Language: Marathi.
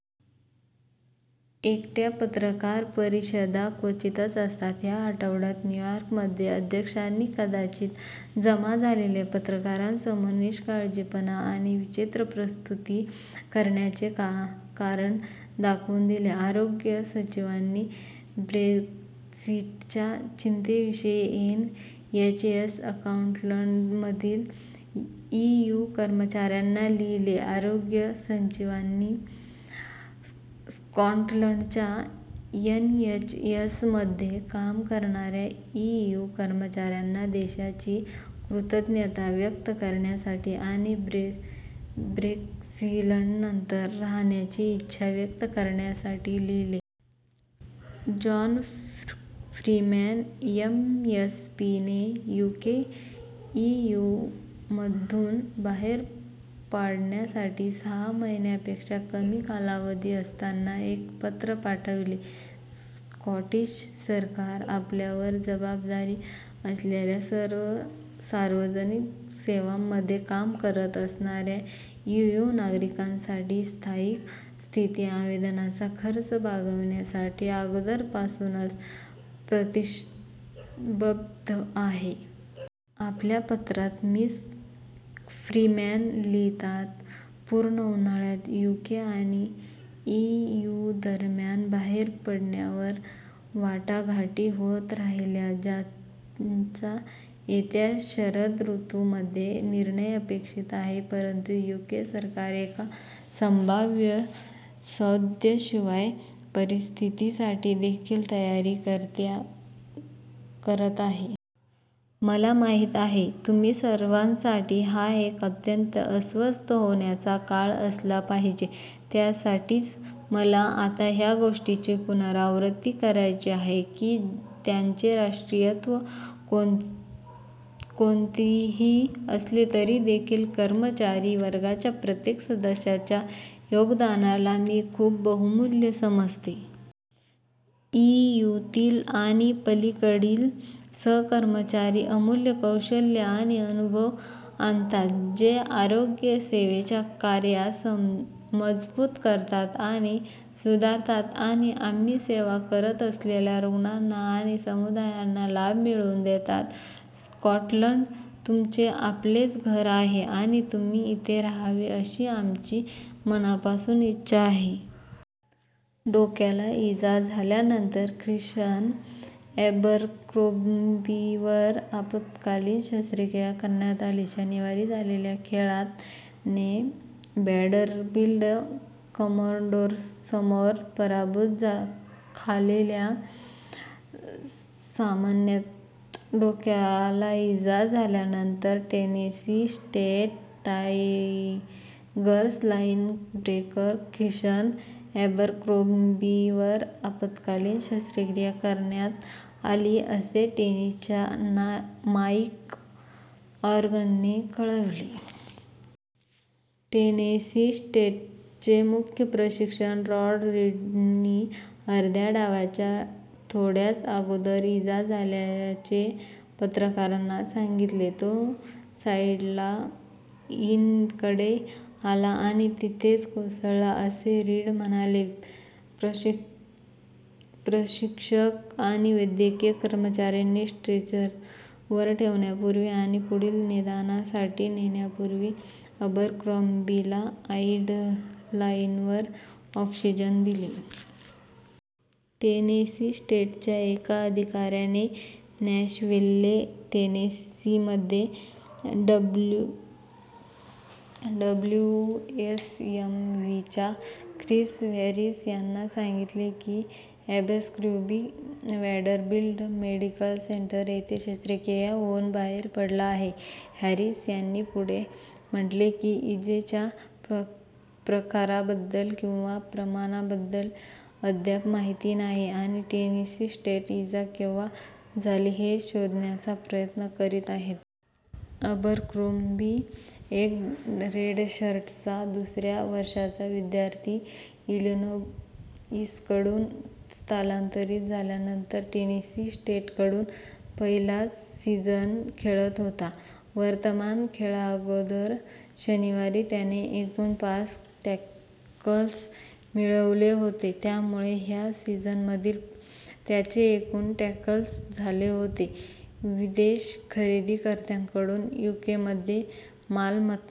एकट्या पत्रकार परिषदा क्वचितच असतात. या आठवड्यात न्यूयॉर्कमध्ये अध्यक्षांनी कदाचित जमा झालेल्या पत्रकारांसमोर निष्काळजीपणा आणि विचित्र प्रस्तुती करण्याचे कारण दाखवून दिले. आरोग्य सचिवांनी ब्रेक्झिटच्या चिंतेविषयी एनएचएस स्कॉटलंडमधील ईयू कर्मचाऱ्यांना लिहिले. आरोग्य सचिवांनी स्कॉटलंडच्या एनएचएसमध्ये काम करणाऱ्या ईयू कर्मचाऱ्यांना देशाची कृतज्ञता व्यक्त करण्यासाठी आणि ब्रेक्झिटनंतर राहण्याची इच्छा व्यक्त करण्यासाठी लिहिले. जीन फ्रीमॅन एमएसपीने यूके ईयूमधून बाहेर पाडण्यासाठी सहा महिन्यांपेक्षा कमी कालावधी असताना एक पत्र पाठविले. स्कॉटिश सरकार आपल्यावर जबाबदारी असलेल्या सार्वजनिक सेवांमध्ये काम करत असणाऱ्या ईयू नागरिकांसाठी स्थायिक स्थिती आवेदनांचा खर्च भागविण्यासाठी अगोदरपासूनच प्रतिबद्ध आहे. आपल्या पत्रात मिस फ्रीमॅन लिहितात: "पूर्ण उन्हाळ्यात, यूके आणि ईयूदरम्यान बाहेर पडण्यावर वाटाघाटी होत राहिल्या, ज्यांचा येत्या शरद ऋतूमध्ये निर्णय अपेक्षित आहे. परंतु, यूके सरकार एका संभाव्य सौद्या-शिवाय परिस्थितीसाठी देखील तयारी करत आहे. मला माहीत आहे तुम्हा सर्वांसाठी हा एक अत्यंत अस्वस्थ होण्याचा काळ असला पाहिजे. त्यासाठीच मला आता या गोष्टीची पुनरावृत्ती करायची आहे की त्यांचे राष्ट्रीयत्व कोणतेही असले तरी देखील, कर्मचारी वर्गाच्या प्रत्येक सदस्याच्या योगदानाला मी खूप बहुमुल्य समजते. ईयूतील आणि पलीकडील सहकर्मचारी अमुल्य कौशल्ये आणि अनुभव आणतात, जे आरोग्य सेवेच्या कार्यास मजबूत करतात आणि सुधारतात, आणि आम्ही सेवा करत असलेल्या रुग्णांना आणि समुदायांना लाभ मिळवून देतात. स्कॉटलंड तुमचे आपलेच घर आहे आणि तुम्ही येथे रहावे अशी आमची मनापासून इच्छा आहे. डोक्याला इजा झाल्यानंतर ख्रिस्शन अॅबरक्रोम्बीवर आपत्कालीन शस्त्रक्रिया करण्यात आली. शनिवारी झालेल्या खेळात ने वँडरबिल्ट कमोडोर्ससमोर पराभूत खालेल्या सामन्यात डोक्याला इजा झाल्यानंतर Tennessee State Tigers linebreaker Christion अॅबरक्रोम्बीवर आपत्कालीन शस्त्रक्रिया करण्यात आली, असे टेनेसीच्या माईक ऑर्गनने कळविले. टेनेसी स्टेटचे मुख्य प्रशिक्षक रॉड रीडनी अर्ध्या डावाच्या थोड्याच अगोदर इजा झाल्याचे पत्रकारांना सांगितले. "तो साईडलाईनकडे आला आणि तेथेच कोसळला," असे रीड म्हणाले. प्रशिक्षक आणि वैद्यकीय कर्मचाऱ्यांनी स्ट्रेचरवर ठेवण्यापूर्वी आणि पुढील निदानासाठी नेण्यापूर्वी अॅबरक्रोम्बीला साईडलाईनवर ऑक्सिजन दिले. टेनेसी स्टेटच्या एका अधिकाऱ्याने नॅशव्हिल्ले, टेनेसीमध्ये डब्ल्यूएसएमव्हीच्या ख्रिस हॅरिस यांना सांगितले की अॅबरक्रोम्बी वँडरबिल्ट मेडिकल सेंटर येथे शस्त्रक्रिया होऊन बाहेर पडला आहे. हॅरिस यांनी पुढे म्हटले की "इजेच्या प्रकाराबद्दल किंवा प्रमाणाबद्दल अद्याप माहिती नाही" आणि टेनेसी स्टेट इजा केव्हा झाली हे शोधण्याचा प्रयत्न करीत आहेत. अॅबरक्रोम्बी, एक रेडशर्टचा दुसऱ्या वर्षाचा विद्यार्थी, इलिनोइसकडून स्थलांतरित झाल्यानंतर टेनेसी स्टेटकडून पहिलाच सीझन खेळत होता. वर्तमान खेळाअगोदर शनिवारी त्याने एकूण पाच टॅकल्स मिळविले होते, ज्यामुळे या सीझनमधील त्याचे एकूण टॅकल्स झाले होते. विदेश खरेदीकर्त्यांकडून यूकेमध्ये मालमत्ता